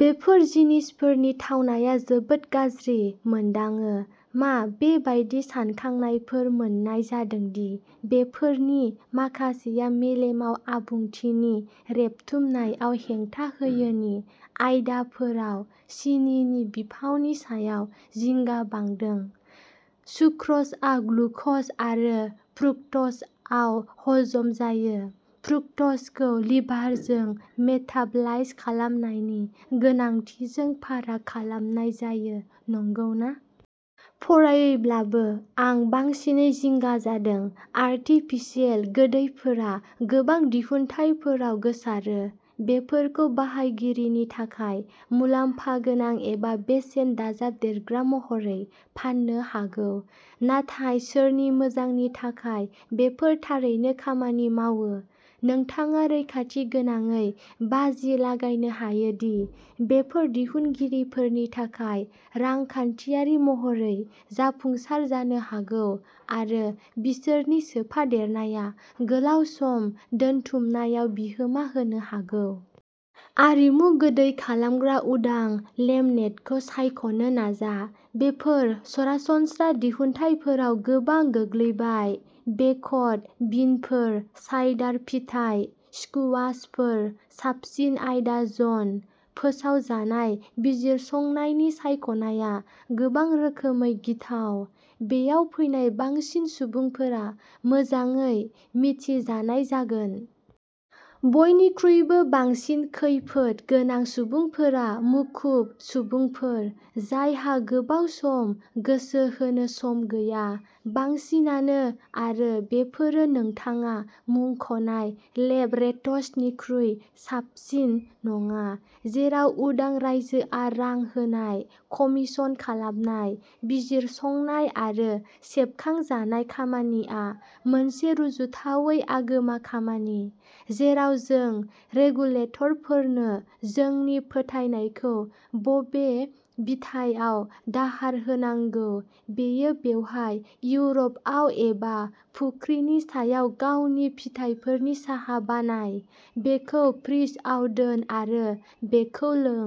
बेफोर जिनिसफोरनि थावनाया जोबोद गाज्रि मोनदाङो। मा बेबादि सानखांनायफोर मोननाय जादों दि बेफोरनि माखासेया मेलेमाव आबुंथिनि रेबथुमनायाव हेंथा होयो नि आयदाफोराव सिनिनि बिफावनि सायाव जिंगा बांदों। सुक्र'जआ ग्लुक'ज आरो फ्रुक्ट'जआव हजम जायो। फ्रुक्ट'जखौ लिभारजों मेटाबलाइज खालामनायनि गोनांथिजों फाराग खालामनाय जायो, नंगौना? फरायैब्लाबो, आं बांसिनै जिंगा जादों। आर्टिफिसियेल गोदैफोरा गोबां दिहुनथायफोराव गोसारो। बेफोरखौ बाहायगिरिनि थाखाय मुलाम्फा गोनां एबा बेसेन दाजाबदेरग्रा महरै फाननो हागौ, नाथाय सोरनि मोजांनि थाखाय बेफोर थारैनो खामानि मावो। नोंथाङा रैखाथि गोनाङै बाजि लागायनो हायो दि बेफोर दिहुनगिरिफोरनि थाखाय रांखान्थियारि महरै जाफुंसार जानो हागौ आरो बिसोरनि सोफादेरनाया गोलाव सम दोनथुमनायाव बिहोमा होनो हागौ। आरिमु गोदै खालामग्रा उदां लेमनेडखौ सायख'नो नाजा। बेफोर सरासनस्रा दिहुनथायफोराव गोबां गोग्लैबाय बेकड बिनफोर, साइडार, फिथाइ स्कुवाशफोर साबसिन आयदा जन। फोसावजानाय बिजिरसंनायनि सायख'नाया गोबां रोखोमै गिथाव। बेयाव फैनाय बांसिन सुबुंफोरा मोजाङै मिथिजानाय जागोन। बयनिख्रुइबो बांसिन खैफोद गोनां सुबुंफोरा मुखुब सुबुंफोर, जायहा गोबाव सम गोसो होनो सम गैया। बांसिनानो, आरो बेफोरो नोंथाङा मुंख'नाय लेब-रेट्सनिख्रुइ साबसिन नङा। जेराव उदां रायजोआ रां होनाय, कमीशन खालामनाय, बिजिरसंनाय आरो सेबखांजानाय खामानिया मोनसे रुजुथावै आगोमा खामानि, जेराव जों रेगुलेटरफोरनो जोंनि फोथायनायखौ बबे बिथायाव दाहार होनांगौ, बेयो बेवहाय, इउर'पआव एबा फुख्रिनि सायाव गावनि फिथाइफोरनि साहा बानाय, बेखौ फ्रिजआव दोन आरो बेखौ लों।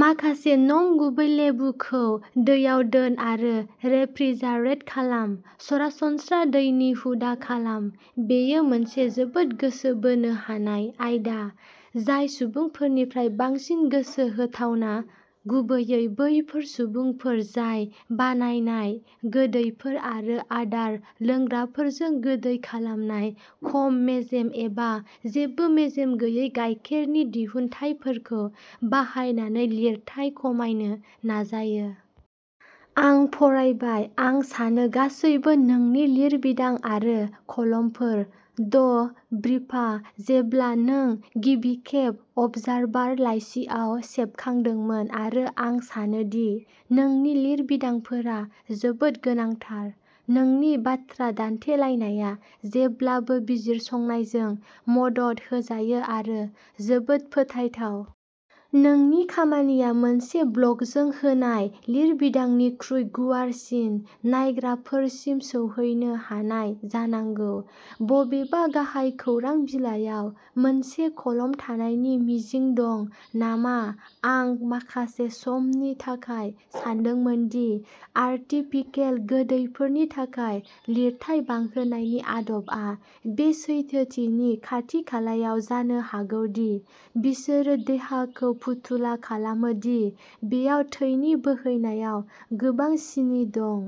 माखासे नंगुबै लेबुखौ दैयाव दोन आरो रेफ्रिजारेट खालाम। सरासनस्रा दैनि हुदा खालाम। बेयो मोनसे जोबोद गोसो बोनो हानाय आयदा, जाय सुबुंफोरनिफ्राय बांसिन गोसो होथावना, गुबैयै बैफोर सुबुंफोर जाय बानायनाय गोदैफोर आरो आदार लोंग्राफोरजों गोदै खालामनाय खम मेजेम एबा जेबो मेजेम गैयै गायखेरनि दिहुनथायफोरखौ बाहायनानै लिरथाइ खमायनो नाजायो। आं फरायबाय, आं सानो, गासैबो। नोंनि लिरबिदां आरो कलमफोर, ड ब्रिफा, जेब्ला नों गिबिखेब अबजारभार लाइसिआव सेबखांदोंमोन आरो आं सानो दि नोंनि लिरबिदांफोरा जोबोद गोनांथार। नोंनि बाथ्रा दान्थेलायनाया जेब्लाबो बिजिरसंनायजों मदद होजायो आरो जोबोद फोथायथाव। नोंनि खामानिया मोनसे ब्लगजों होनाय लिरबिदांनिख्रुइ गुवारसिन नायग्राफोरसिम सौहैनो हानाय जानांगौ। बबेबा गाहाय खौरां बिलाइयाव मोनसे कलम थानायनि मिजिं दं नामा आं माखासे समनि थाखाय सानदोंमोन दि आरटिफिकेल गोदैफोरनि थाखाय लिरथाय बांहोनायनि आदबआ बे सैथोथिनि खाथि-खालायाव जानो हागौ दि बिसोरो देहाखौ फुथुला खालामो दि बेयाव थैनि बोहैनायाव गोबां सिनि दं।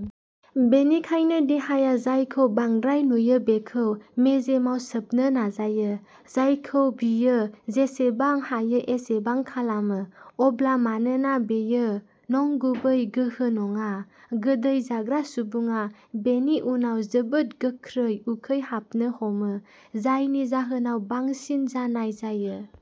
बेनिखायनो देहाया जायखौ बांद्राय नुयो बेखौ मेजेमाव सोबनो नाजायो, जायखौ बियो जेसेबां हायो एसेबां खालामो। अब्ला मानोना बेयो नंगुबै गोहो नङा, गोदै जाग्रा सुबुङा बेनि उनाव जोबोद गोख्रै उखैहाबनो हमो, जायनि जाहोनाव बांसिन जानाय जायो।